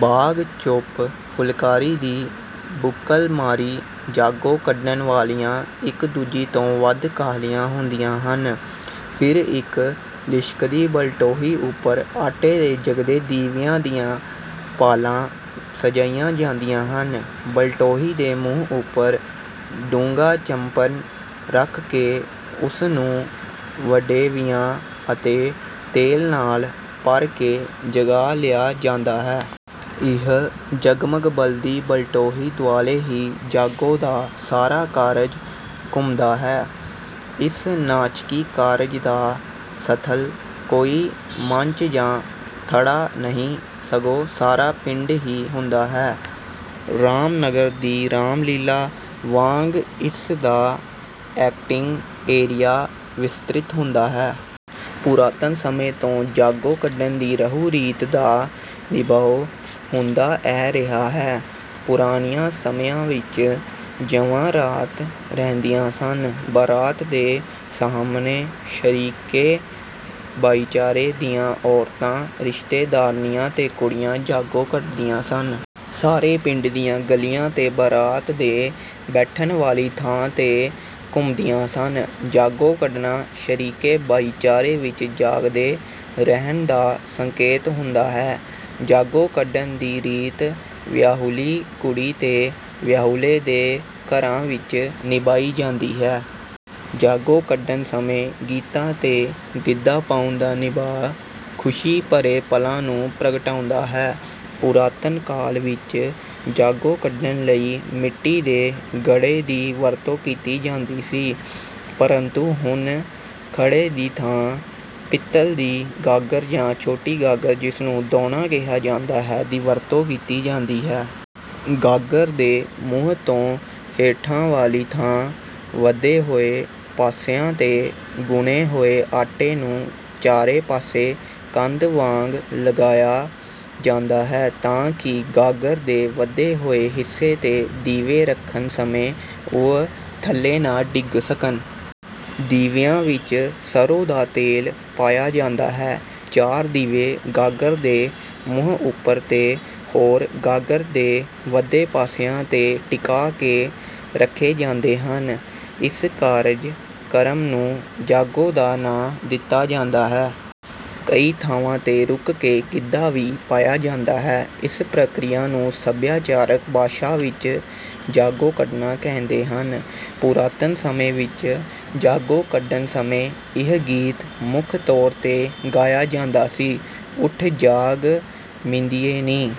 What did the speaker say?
ਬਾਗ ਚੋਪ ਫੁਲਕਾਰੀ ਦੀ ਬੁੱਕਲ ਮਾਰੀ ਜਾਗੋ ਕੱਢਣ ਵਾਲੀਆਂ ਇੱਕ ਦੂਜੀ ਤੋਂ ਵੱਧ ਕਾਹਲੀਆਂ ਹੁੰਦੀਆਂ ਹਨ। ਫਿਰ ਇੱਕ ਲਿਸ਼ਕਦੀ ਬਲਟੋਹੀ ਉੱਪਰ ਆਟੇ ਦੇ ਜਗਦੇ ਦੀਵਿਆਂ ਦੀਆਂ ਪਾਲਾਂ ਸਜਾਈਆਂ ਜਾਂਦੀਆਂ ਹਨ। ਬਲਟੋਹੀ ਦੇ ਮੂੰਹ ਉੱਪਰ ਡੂੰਘਾ ਚੱਪਣ ਰੱਖ ਕੇ ਉਸ ਨੂੰ ਵੜੇਵਿਆਂ ਅਤੇ ਤੇਲ ਨਾਲ ਭਰ ਕੇ ਜਗਾ ਲਿਆ ਜਾਂਦਾ ਹੈ। ਇਹ ਜਗਮਗ ਬਲਦੀ ਬਲਟੋਹੀ ਦੁਆਲੇ ਹੀ ਜਾਗੋ ਦਾ ਸਾਰਾ ਕਾਰਜ ਘੁੰਮਦਾ ਹੈ। ਇਸ ਨਾਚਕੀ ਕਾਰਜ ਦਾ ਸਥਲ ਕੋਈ ਮੰਚ ਜਾਂ ਥੜਾ ਨਹੀਂ ਸਗੋਂ ਸਾਰਾ ਪਿੰਡ ਹੀ ਹੁੰਦਾ ਹੈ। 'ਰਾਮ ਨਗਰ ਦੀ ਰਾਮ ਲੀਲਾ' ਵਾਂਗ ਇਸ ਦਾ ਐਕਟਿੰਗ ਏਰੀਆ ਵਿਸਤ੍ਰਿਤ ਹੁੰਦਾ ਹੈ। ਪੁਰਾਤਨ ਸਮੇਂ ਤੋਂ ਜਾਗੋ ਕੱਢਣ ਦੀ ਰਹੁ-ਰੀਤ ਦਾ ਨਿਭਾਉ ਹੁੰਦਾ ਐ ਰਿਹਾ ਹੈ। ਪੁਰਾਣਿਆਂ ਸਮਿਆਂ ਵਿੱਚ ਜੰਞਾਂ ਰਾਤ ਰਹਿੰਦੀਆਂ ਸਨ। ਬਰਾਤ ਦੇ ਸਾਹਮਣੇ ਸ਼ਰੀਕੇ ਭਾਈਚਾਰੇ ਦੀਆਂ ਔਰਤਾਂ, ਰਿਸ਼ਤੇਦਾਰਨੀਆਂ ਤੇ ਕੁੜੀਆਂ ਜਾਗੋ ਕੱਢਦੀਆਂ ਸਨ। ਸਾਰੇ ਪਿੰਡ ਦੀਆਂ ਗਲੀਆਂ ਤੇ ਬਰਾਤ ਦੇ ਬੈਠਣ ਵਾਲੀ ਥਾਂ ਤੇ ਘੁੰਮਦੀਆਂ ਸਨ। ਜਾਗੋ ਕੱਢਣਾ ਸ਼ਰੀਕੇ ਭਾਈਚਾਰੇ ਵਿੱਚ ਜਾਗਦੇ ਰਹਿਣ ਦਾ ਸੰਕੇਤ ਹੁੰਦਾ ਹੈ। ਜਾਗੋ ਕੱਢਣ ਦੀ ਰੀਤ ਵਿਆਹੁਲੀ ਕੁੜੀ ਤੇ ਵਿਆਹੁਲੇ ਦੇ ਘਰਾਂ ਵਿੱਚ ਨਿਭਾਈ ਜਾਂਦੀ ਹੈ। ਜਾਗੋ ਕੱਢਣ ਸਮੇਂ ਗੀਤਾਂ ਤੇ ਗਿੱਧਾ ਪਾਉਣ ਦਾ ਨਿਭਾਅ ਖ਼ੁਸ਼ੀ ਭਰੇ ਪਲਾਂ ਨੂੰ ਪ੍ਰਗਟਾਉਂਦਾ ਹੈ। ਪੁਰਾਤਨ ਕਾਲ ਵਿੱਚ ਜਾਗੋ ਕੱਢਣ ਲਈ ਮਿੱਟੀ ਦੇ ਘੜੇ ਦੀ ਵਰਤੋਂ ਕੀਤੀ ਜਾਂਦੀ ਸੀ। ਪਰੰਤੂ ਹੁਣ ਘੜੇ ਦੀ ਥਾਂ ਪਿੱਤਲ ਦੀ ਗਾਗਰ ਜਾਂ ਛੋਟੀ ਗਾਗਰ ਜਿਸ ਨੂੰ 'ਦੋਣਾ' ਕਿਹਾ ਜਾਂਦਾ ਹੈ, ਦੀ ਵਰਤੋਂ ਕੀਤੀ ਜਾਂਦੀ ਹੈ। ਗਾਗਰ ਦੇ ਮੂੰਹ ਤੋਂ ਹੇਠਾਂ ਵਾਲੀ ਥਾਂ ਵਧੇ ਹੋਏ ਪਾਸਿਆਂ ਤੇ ਗੁੰਨੇ ਹੋਏ ਆਟੇ ਨੂੰ ਚਾਰੇ ਪਾਸੇ ਕੰਧ ਵਾਂਗ ਲਗਾਇਆ ਜਾਂਦਾ ਹੈ ਤਾਂ ਕਿ ਗਾਗਰ ਦੇ ਵਧੇ ਹੋਏ ਹਿੱਸੇ ਤੇ ਦੀਵੇ ਰੱਖਣ ਸਮੇਂ ਉਹ ਥੱਲੇ ਨਾ ਡਿੱਗ ਸਕਣ। ਦੀਵਿਆਂ ਵਿੱਚ ਸਰ੍ਹੋਂ ਦਾ ਤੇਲ ਪਾਇਆ ਜਾਂਦਾ ਹੈ। ਚਾਰ ਦੀਵੇ ਗਾਗਰ ਦੇ ਮੂੰਹ ਉੱਪਰ ਤੇ ਹੋਰ ਗਾਗਰ ਦੇ ਵਧੇ ਪਾਸਿਆਂ ਤੇ ਟਿਕਾ ਕੇ ਰੱਖੇ ਜਾਂਦੇ ਹਨ। ਇਸ ਕਾਰਜ ਕਰਮ ਨੂੰ ਜਾਗੋ ਦਾ ਨਾਂ ਦਿੱਤਾ ਜਾਂਦਾ ਹੈ। ਕਈ ਥਾਵਾਂ ਤੇ ਰੁਕ ਕੇ ਗਿੱਧਾ ਵੀ ਪਾਇਆ ਜਾਂਦਾ ਹੈ। ਇਸ ਪ੍ਰਕਿਰਿਆ ਨੂੰ ਸਭਿਆਚਾਰਕ ਭਾਸ਼ਾ ਵਿੱਚ 'ਜਾਗੋ ਕੱਢਣਾ' ਕਹਿੰਦੇ ਹਨ। ਪੁਰਾਤਨ ਸਮੇਂ ਵਿੱਚ ਜਾਗੋ ਕੱਢਣ ਸਮੇਂ ਇਹ ਗੀਤ ਮੁੱਖ ਤੌਰ ਤੇ ਗਾਇਆ ਜਾਂਦਾ ਸੀ: ਉੱਠ ਜਾਗ ਮਿੰਦੀਏ ਨੀ